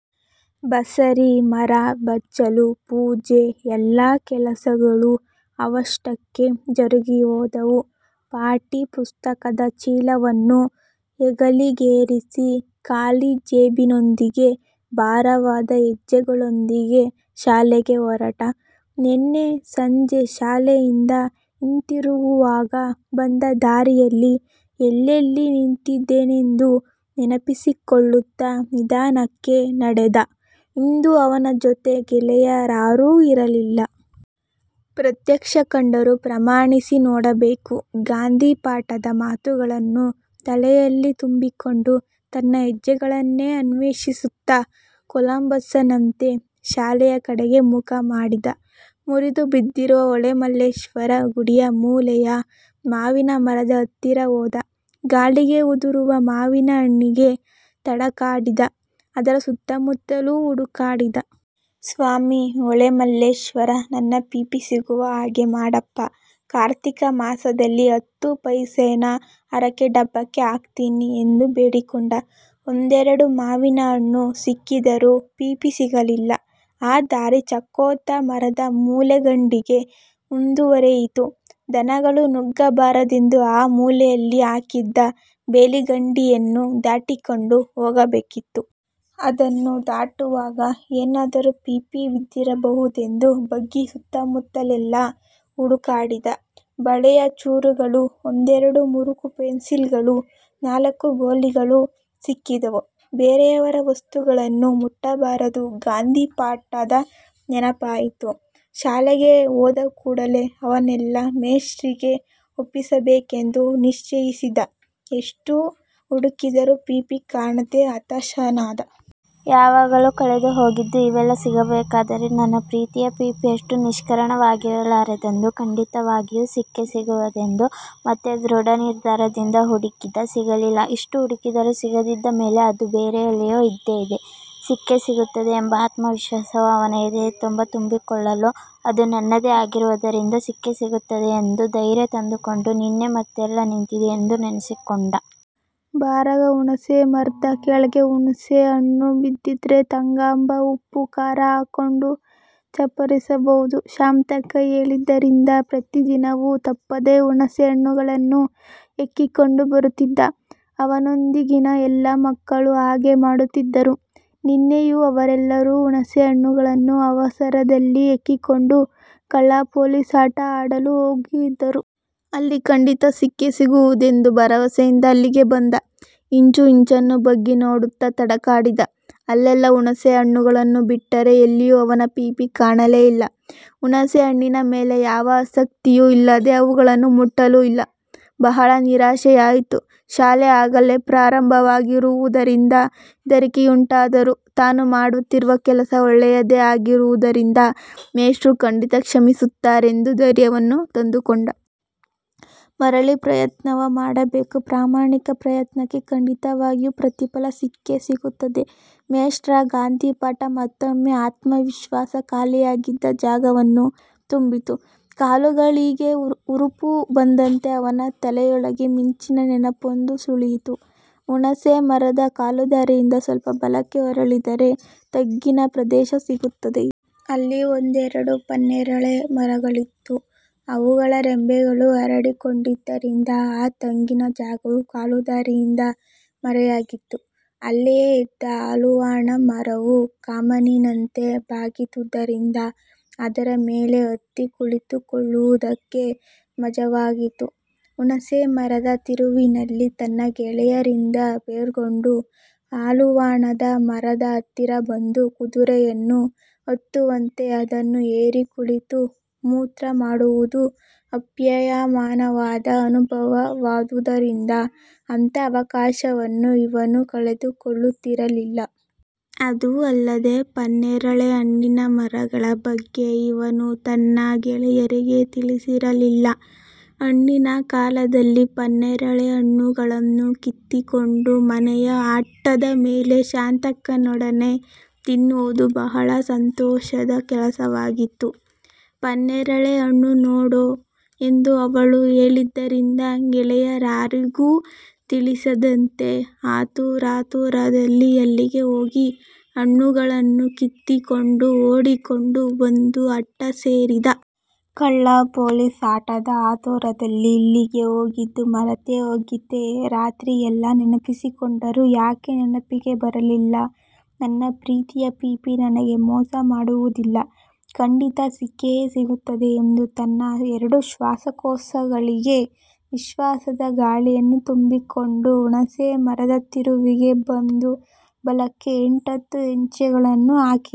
ಬಸರೀ ಮರ, ಬಚ್ಚಲು, ಪೂಜೆ- ಎಲ್ಲಾ ಕೆಲಸಗಳೂ ಅವಷ್ಟಕ್ಕೇ ಜರುಗಿ ಹೋದವು. ಪಾಟಿ ಪುಸ್ತಕದ ಚೀಲವನ್ನು ಹೆಗಲಿಗೇರಿಸಿ, ಖಾಲಿ ಜೇಬಿನೊಂದಿಗೆ ಭಾರವಾದ ಹೆಜ್ಜೆಗಳೊಂದಿಗೆ ಶಾಲೆಗೆ ಹೊರಟ. ನಿನ್ನೆ ಸಂಜೆ ಶಾಲೆಯಿಂದ ಹಿಂತಿರುಗುವಾಗ ಬಂದ ದಾರಿಯಲ್ಲಿ, ಎಲ್ಲೆಲ್ಲಿ ನಿಂತಿದ್ದೆನೆಂದು ನೆನಪಿಸಿಕೊಳ್ಳುತ್ತಾ ನಿಧಾನಕ್ಕೆ ನಡೆದ. ಇಂದು ಅವನ ಜೊತೆ ಗೆಳೆಯರಾರೂ ಇರಲಿಲ್ಲ. ಪ್ರತ್ಯಕ್ಷ ಕಂಡರೂ ಪ್ರಾಮಾಣಿಸಿ ನೋಡಬೇಕು ಗಾಂಧಿ ಪಾಠದ ಮಾತುಗಳನ್ನು ತಲೆಯಲ್ಲಿ ತುಂಬಿಕೊಂಡು ತನ್ನ ಹೆಜ್ಜೆಗಳನ್ನೇ ಅನ್ವೇಷಿಸುತ್ತಾ ಕೊಲಂಬಸ್ಸನಂತೆ ಶಾಲೆಯ ಕಡೆಗೆ ಮುಖ ಮಾಡಿದ್ದ. ಮುರಿದು ಬಿದ್ದಿರುವ ಹೊಳೆಮಲ್ಲೇಶ್ವರ ಗುಡಿಯ ಮೂಲೆಯ ಮಾವಿನ ಮರದ ಹತ್ತಿರ ಹೋದ. ಗಾಳಿಗೆ ಉದುರುವ ಮಾವಿನ ಹಣ್ಣಿಗೆ ತಡಕಾಡಿದ್ದ. ಅದರ ಸುತ್ತಮುತ್ತಲೂ ಹುಡುಕಾಡಿದ. ಸ್ವಾಮಿ, ಹೊಳೆಮಲ್ಲೇಶ್ವರ ನನ್ನ ಪೀಪಿ ಸಿಗುವ ಹಾಗೆ ಮಾಡಪ್ಪಾ. ಕಾರ್ತೀಕ ಮಾಸದಲ್ಲಿ ಹತ್ತು ಪೈಸೇನ ಹರಕೆ ಡಬ್ಬಕ್ಕೆ ಹಾಕ್ತೀನಿ ಎಂದು ಬೇಡಿಕೊಂಡ. ಒಂದೆರಡು ಮಾವಿನ ಹಣ್ಣು ಸಿಕ್ಕಿದರೂ ಪೀಪಿ ಸಿಗಲಿಲ್ಲ. ಆ ದಾರಿ ಚಕ್ಕೋತ ಮರದ ಮೂಲೆಗಂಡಿಗೆ ಮುಂದುವರೆಯಿತು. ದನಗಳು ನುಗ್ಗಬಾರದೆಂದು ಆ ಮೂಲೆಯಲ್ಲಿ ಹಾಕಿದ್ದ ಬೇಲಿ ಗಂಡಿಯನ್ನು ದಾಟಿಕೊಂಡು ಹೋಗಬೇಕಿತ್ತು. ಅದನ್ನು ದಾಟುವಾಗ ಏನಾದರೂ ಪೀಪಿ ಬಿದ್ದಿರಬಹುದೆಂದು ಬಗ್ಗಿ ಸುತ್ತಮುತ್ತಲೆಲ್ಲಾ ಹುಡುಕಾಡಿದ. ಬಳೆಯ ಚೂರುಗಳು, ಒಂದೆರಡು ಮುರುಕು ಪೆನ್ಸಿಲ್ಲುಗಳು, ನಾಲ್ಕು ಗೋಲಿಗಳು ಸಿಕ್ಕಿದವು. ಬೇರೆಯವರ ವಸ್ತುಗಳನ್ನು ಮುಟ್ಟಬಾರದು ಗಾಂಧಿ ಪಾಠದ ನೆನಪಾಯಿತು. ಶಾಲೆಗೆ ಹೋದಕೂಡಲೇ ಅವನ್ನೆಲ್ಲಾ ಮೇಷ್ಟ್ರಿಗೆ ಒಪ್ಪಿಸಬೇಕೆಂದು ನಿಶ್ಚಯಿಸಿದ. ಎಷ್ಟು ಹುಡುಕಿದರೂ ಪೀಪಿ ಕಾಣದೆ ಹತಾಶನಾದ. ಯಾವಾಗಲೋ ಕಳೆದುಹೋಗಿದ್ದ ಇವೆಲ್ಲಾ ಸಿಗಬೇಕಾದರೆ, ನನ್ನ ಪ್ರೀತಿಯ ಪೀಪಿ ಅಷ್ಟು ನಿಷ್ಕರುಣವಾಗಿರಲಾರದೆಂದು, ಖಂಡಿತವಾಗಿಯೂ ಸಿಕ್ಕೇ ಸಿಗುವುದೆಂದು ಮತ್ತೆ ದೃಢ ನಿರ್ಧಾರದಿಂದ ಹುಡುಕಿದ, ಸಿಗಲಿಲ್ಲ. ಇಷ್ಟು ಹುಡುಕಿದರೂ ಸಿಗದಿದ್ದ ಮೇಲೆ ಅದು ಬೇರೆಲ್ಲಿಯೋ ಇದ್ದೇ ಇದೆ, ಸಿಕ್ಕೇ ಸಿಗುತ್ತದೆ ಎಂಬ ಆತ್ಮವಿಶ್ವಾಸವು ಅವನ ಎದೆಯ ತುಂಬ ತುಂಬಿಕೊಳ್ಳಲು ಅದು ನನ್ನದೇ ಆಗಿರುವುದರಿಂದ ಸಿಕ್ಕೇ ಸಿಗುತ್ತದೆ ಎಂದು ಧೈರ್ಯ ತಂದುಕೊಂಡು, ನಿನ್ನೆ ಮತ್ತೆಲ್ಲಿ ನಿಂತಿದ್ದೆ ಎಂದು ನೆನಸಿಕೊಂಡ. 'ಬರಾಗ ಹುಣಸೇ ಮರ್ದ ಕೆಳ್ಗೆ ಹುಣಸೇ ಹಣ್ಣು ಬಿದ್ದಿದ್ರೆ ತಗಂಬಾ ಉಪ್ಪು ಖಾರ ಹಾಕ್ಕೊಂಡು ಚಪ್ಪರಿಸಬೌದು' ಶಾಂತಕ್ಕ ಹೇಳಿದ್ದರಿಂದ ಪ್ರತಿದಿನವೂ ತಪ್ಪದೆ ಹುಣಸೆ ಹಣ್ಣುಗಳನ್ನು ಹೆಕ್ಕಿಕೊಂಡು ಬರುತ್ತಿದ್ದ. ಅವನೊಂದಿಗಿನ ಎಲ್ಲಾ ಮಕ್ಕಳೂ ಹಾಗೆ ಮಾಡುತ್ತಿದ್ದರು. ನಿನ್ನೆಯೂ ಅವರೆಲ್ಲರೂ ಹುಣಸೆ ಹಣ್ಣುಗಳನ್ನು ಅವಸರದಲ್ಲಿ ಹೆಕ್ಕಿಕೊಂಡು, ಕಳ್ಳ ಪೊಲೀಸ್ ಆಟ ಆಡಲು ಹೋಗಿದ್ದರು. ಅಲ್ಲಿ ಖಂಡಿತ ಸಿಕ್ಕೇ ಸಿಗುವುದೆಂದು ಭರವಸೆಯಿಂದ ಅಲ್ಲಿಗೆ ಬಂದ. ಇಂಚು ಇಂಚನ್ನೂ ಬಗ್ಗಿ ನೋಡುತ್ತಾ ತಡಕಾಡಿದ. ಅಲ್ಲೆಲ್ಲಾ ಹುಣಸೇ ಹಣ್ಣುಗಳನ್ನು ಬಿಟ್ಟರೆ ಎಲ್ಲಿಯೂ ಅವನ ಪೀಪಿ ಕಾಣಲೇ ಇಲ್ಲ. ಹುಣಸೇ ಹಣ್ಣಿನ ಮೇಲೆ ಯಾವ ಆಸಕ್ತಿಯೂ ಇಲ್ಲದೆ ಅವುಗಳನ್ನು ಮುಟ್ಟಲೂ ಇಲ್ಲ. ಬಹಳ ನಿರಾಶೆಯಾಯಿತು. ಶಾಲೆ ಆಗಲೇ ಪ್ರಾರಂಭವಾಗಿರುವುದರಿಂದ ಹೆದರಿಕೆಯುಂಟಾದರೂ ತಾನು ಮಾಡುತ್ತಿರುವ ಕೆಲಸ ಒಳ್ಳೆಯದೇ ಆಗಿರುವುದರಿಂದ ಮೇಷ್ಟ್ರು ಖಂಡಿತಾ ಕ್ಷಮಿಸುತ್ತಾರೆಂದು ಧೈರ್ಯವನ್ನು ತಂದುಕೊಂಡ. ಮರಳಿ ಪ್ರಯತ್ನವ ಮಾಡಬೇಕು, ಪ್ರಾಮಾಣಿಕ ಪ್ರಯತ್ನಕ್ಕೆ ಖಂಡಿತವಾಗಿಯೂ ಪ್ರತಿಫಲ ಸಿಕ್ಕೇ ಸಿಗುತ್ತದೆ ಮೇಷ್ಟ್ರ ಗಾಂಧಿ ಪಾಠ ಮತ್ತೊಮ್ಮೆ ಆತ್ಮವಿಶ್ವಾಸ ಖಾಲಿಯಾಗಿದ್ದ ಜಾಗವನ್ನು ತುಂಬಿತು. ಕಾಲುಗಳಿಗೆ ಹುರುಪು ಬಂದಂತೆ, ಅವನ ತಲೆಯೊಳಗೆ ಮಿಂಚಿನ ನೆನಪೊಂದು ಸುಳಿಯಿತು! ಹುಣಸೇ ಮರದ ಕಾಲುದಾರಿಯಿಂದ ಸ್ವಲ್ಪ ಬಲಕ್ಕೆ ಹೊರಳಿದರೆ ತಗ್ಗಿನ ಪ್ರದೇಶ ಸಿಗುತ್ತದೆ. ಅಲ್ಲಿ ಒಂದೆರಡು ಪನ್ನೇರಳೆ ಮರಗಳಿದ್ದು, ಅವುಗಳ ರೆಂಬೆಗಳು ಹರಡಿಕೊಂಡಿದ್ದರಿಂದ, ಆ ತಗ್ಗಿನ ಜಾಗವು ಕಾಲುದಾರಿಯಿಂದ ಮರೆಯಾಗಿತ್ತು. ಅಲ್ಲಿಯೇ ಇದ್ದ ಹಾಲುವಾಣ ಮರವು ಕಮಾನಿನಂತೆ ಬಾಗಿದ್ದುದರಿಂದ ಅದರ ಮೇಲೆ ಹತ್ತಿ ಕುಳಿತುಕೊಳ್ಳುವುದಕ್ಕೆ ಮಜವಾಗಿತ್ತು. ಹುಣಸೇ ಮರದ ತಿರುವಿನಲ್ಲಿ ತನ್ನ ಗೆಳೆಯರಿಂದ ಬೇರ್ಗೊಂಡು, ಹಾಲುವಾಣದ ಮರದ ಹತ್ತಿರ ಬಂದು, ಕುದುರೆಯನ್ನು ಹತ್ತುವಂತೆ ಅದನ್ನು ಏರಿ ಕುಳಿತು ಮೂತ್ರ ಮಾಡುವುದು ಅಪ್ಯಾಯಮಾನವಾದ ಅನುಭವವಾದುದರಿಂದ ಅಂಥ ಅವಕಾಶವನ್ನು ಇವನು ಕಳೆದುಕೊಳ್ಳುತ್ತಿರಲಿಲ್ಲ. ಅದೂ ಅಲ್ಲದೆ, ಪನ್ನೇರಳೆ ಹಣ್ಣಿನ ಮರಗಳ ಬಗ್ಗೆ ಇವನು ತನ್ನ ಗೆಳೆಯರಿಗೆ ತಿಳಿಸಿರಲಿಲ್ಲ. ಹಣ್ಣಿನ ಕಾಲದಲ್ಲಿ ಪನ್ನೇರಳೆ ಹಣ್ಣುಗಳನ್ನು ಕಿತ್ತುಕೊಂಡು ಮನೆಯ ಅಟ್ಟದ ಮೇಲೆ ಶಾಂತಕ್ಕನೊಡನೆ ತಿನ್ನುವುದು ಬಹಳ ಸಂತೋಷದ ಕೆಲಸವಾಗಿತ್ತು. 'ಪನ್ನೇರಳೆ ಹಣ್ಣು ನೋಡೋ' ಎಂದು ಅವಳು ಹೇಳಿದ್ದರಿಂದ ಗೆಳೆಯರಾರಿಗೂ ತಿಳಿಸದಂತೆ ಆತುರಾತುರದಲ್ಲಿ ಅಲ್ಲಿಗೆ ಹೋಗಿ, ಹಣ್ಣುಗಳನ್ನು ಕಿತ್ತುಕೊಂಡು ಓಡಿಕೊಂಡು ಬಂದು ಅಟ್ಟ ಸೇರಿದ್ದ. ಕಳ್ಳ ಪೊಲೀಸ್ ಆಟದ ಆತುರದಲ್ಲಿ ಇಲ್ಲಿಗೆ ಹೋಗಿದ್ದು ಮರೆತೇ ಹೋಗಿತ್ತೇ ರಾತ್ರಿ ಎಲ್ಲ ನೆನಪಿಸಿಕೊಂಡರೂ ಯಾಕೆ ನೆನಪಿಗೆ ಬರಲಿಲ್ಲ ನನ್ನ ಪ್ರೀತಿಯ ಪೀಪಿ ನನಗೆ ಮೋಸ ಮಾಡುವುದಿಲ್ಲ. ಖಂಡಿತಾ ಸಿಕ್ಕಿಯೇ ಸಿಗುತ್ತದೆ ಎಂದು, ತನ್ನ ಎರಡೂ ಶ್ವಾಸಕೋಶಗಳಿಗೆ ವಿಶ್ವಾಸದ ಗಾಳಿಯನ್ನು ತುಂಬಿಕೊಂಡು ಹುಣಸೇ ಮರದ ತಿರುವಿಗೆ ಬಂದು, ಬಲಕ್ಕೆ ಎಂಟ್ಹತ್ತು ಹೆಜ್ಜೆಗಳನ್ನು ಹಾಕಿದ.